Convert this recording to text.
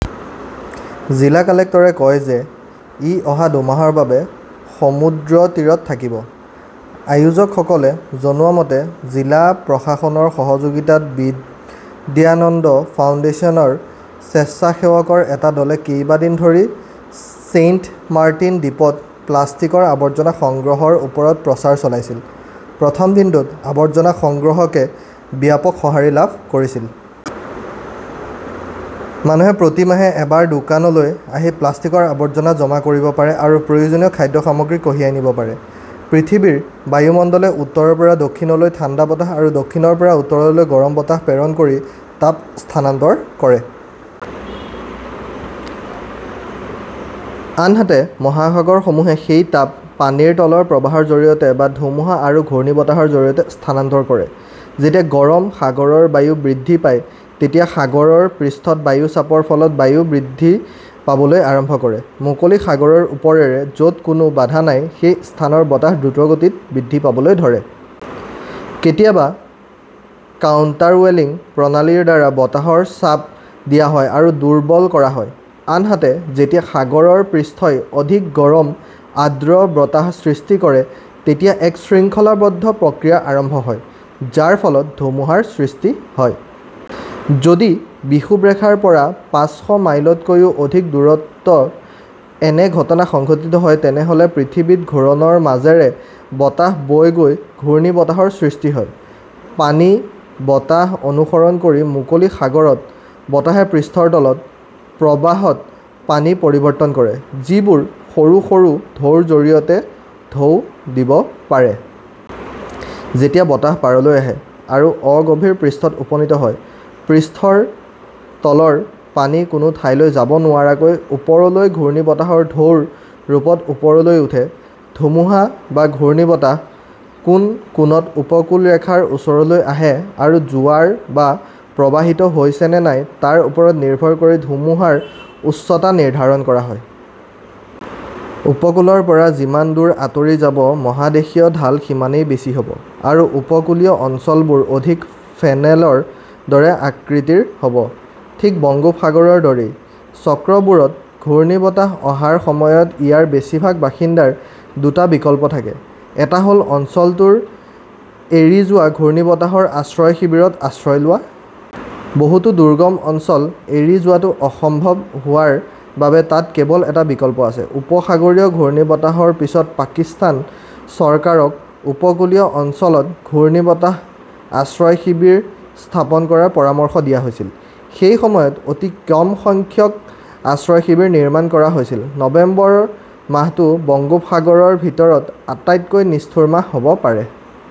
জিলা কালেক্টৰে কয় যে, ই অহা দুমাহৰ বাবে সমুদ্ৰতীৰত থাকিব। আয়োজকসকলে জনোৱা মতে, জিলা প্ৰশাসনৰ সহযোগিতাত বিদ্যানন্দ ফাউণ্ডেশ্যনৰ স্বেচ্ছাসেৱকৰ এটা দলে কেইবাদিন ধৰি ছেইণ্টমাৰ্টিন দ্বীপত প্লাষ্টিকৰ আৱৰ্জনা সংগ্ৰহৰ ওপৰত প্ৰচাৰ চলাইছিল। প্ৰথম দিনটোত আৱৰ্জনা সংগ্ৰহে ব্যাপক সঁহাৰি লাভ কৰিছিল। মানুহে প্ৰতি মাহে এবাৰ দোকানলৈ আহি প্লাষ্টিকৰ আৱৰ্জনা জমা কৰিব পাৰে আৰু প্ৰয়োজনীয় খাদ্য সামগ্ৰী কঢ়িয়াই নিব পাৰে। পৃথিৱীৰ বায়ুমণ্ডলে উত্তৰৰ পৰা দক্ষিণলৈ ঠাণ্ডা বতাহ আৰু দক্ষিণৰ পৰা উত্তৰলৈ গৰম বতাহ প্ৰেৰণ কৰি তাপ স্থানান্তৰ কৰে। আনহাতে, মহাসাগৰসমূহে সেই তাপ পানীৰ তলৰ প্ৰবাহৰ জৰিয়তে বা ধুমুহা আৰু ঘূৰ্ণীবতাহৰ জৰিয়তে স্থানান্তৰ কৰে। যেতিয়া গৰম সাগৰৰ বায়ু বৃদ্ধি পায়, তেতিয়া সাগৰৰ পৃষ্ঠত বায়ুৰ চাপৰ ফলত বায়ু বৃদ্ধি পাবলৈ আৰম্ভ কৰে। মুকলি সাগৰৰ ওপৰেৰে, য 'ত কোনো বাধা নাই সেই স্থানৰ বতাহ দ্ৰুতগতিত বৃদ্ধি পাবলৈ ধৰে। কেতিয়াবা কাউণ্টাৰৱেলিং প্ৰণালীৰ দ্বাৰা বতাহ চাপ দিয়া হয় আৰু দুৰ্বল কৰা হয়। আনহাতে, যেতিয়া সাগৰৰ পৃষ্ঠই অধিক গৰম, আৰ্দ্ৰ বতাহ সৃষ্টি কৰে, তেতিয়া এক শৃংখলাবদ্ধ প্ৰতিক্ৰিয়া আৰম্ভ হয়, যাৰ ফলত ধুমুহাৰ সৃষ্টি হয়। যদি বিষুৱ ৰেখাৰ পৰা পাঁচশ মাইলতকৈও অধিক দূৰত্বত এনে ঘটনা সংঘটিত হয়, তেন্তে পৃথিৱীৰ ঘূৰণৰ মাজেৰে বতাহ বৈ গৈ ঘূৰ্ণীবতাহৰ সৃষ্টি হয়। পানী, বতাহ অনুসৰণ কৰি মুকলি সাগৰত, বতাহে পৃষ্ঠৰ তলত, প্ৰবাহত পানী পৰিৱৰ্তন কৰে, যিবোৰ সৰু সৰু ঢৌৰ জৰিয়তে ঢৌ দিব পাৰে। যেতিয়া বতাহ পাৰলৈ আহে আৰু অগভীৰ পৃষ্ঠত উপনীত হয়, পৃষ্ঠৰ তলৰ পানী কোনো ঠাইলৈ যাব নোৱাৰাকৈ ওপৰলৈ ঘূৰ্ণীবতাহৰ ঢৌৰ ৰূপত ওপৰলৈ উঠে। ধুমুহা বা ঘূৰ্ণীবতাহ কোন কোণত উপকূলৰেখাৰ ওচৰলৈ আহে আৰু জোৱাৰ বা প্ৰৱাহিত হৈছে নে নাই তাৰ ওপৰত নিৰ্ভৰ কৰি ধুমুহাৰ উচ্চতা নিৰ্ধাৰণ কৰা হয়। উপকূলৰ পৰা যিমান দূৰ আঁতৰি যাব, মহাদেশীয় ঢাল সিমানেই বেছি হ'ব, আৰু উপকূলীয় অঞ্চলবোৰ অধিক ফেনেলৰ দৰে আকৃতিৰ হ'ব। ঠিক বংগোপসাগৰৰ দৰেই। চক্ৰবোৰত ঘূৰ্ণীবতাহ অহাৰ সময়ত ইয়াৰ বেছিভাগ বাসিন্দাৰ দুটা বিকল্প থাকে। এটা হ'ল, অঞ্চলটো এৰি যোৱা বা ঘূৰ্ণীবতাহৰ আশ্ৰয় শিবিৰত আশ্ৰয় লোৱা। বহুতো দুৰ্গম অঞ্চল এৰি যোৱাটো অসম্ভৱ হোৱাৰ বাবে তাত কেৱল এটা বিকল্প আছে। উপসাগৰীয় ঘূৰ্ণীবতাহৰ পিছত পাকিস্তান চৰকাৰক উপকূলীয় অঞ্চলত ঘূৰ্ণীবতাহ আশ্ৰয় শিবিৰ স্থাপন কৰাৰ পৰামৰ্শ দিয়া হৈছিল। সেই সময়ত অতি কম সংখ্যক আশ্ৰয় শিবিৰ নিৰ্মাণ কৰা হৈছিল। নৱেম্বৰ মাহটো বংগোপসাগৰৰ ভিতৰত আটাইতকৈ নিষ্ঠুৰ মাহ হ'ব পাৰে।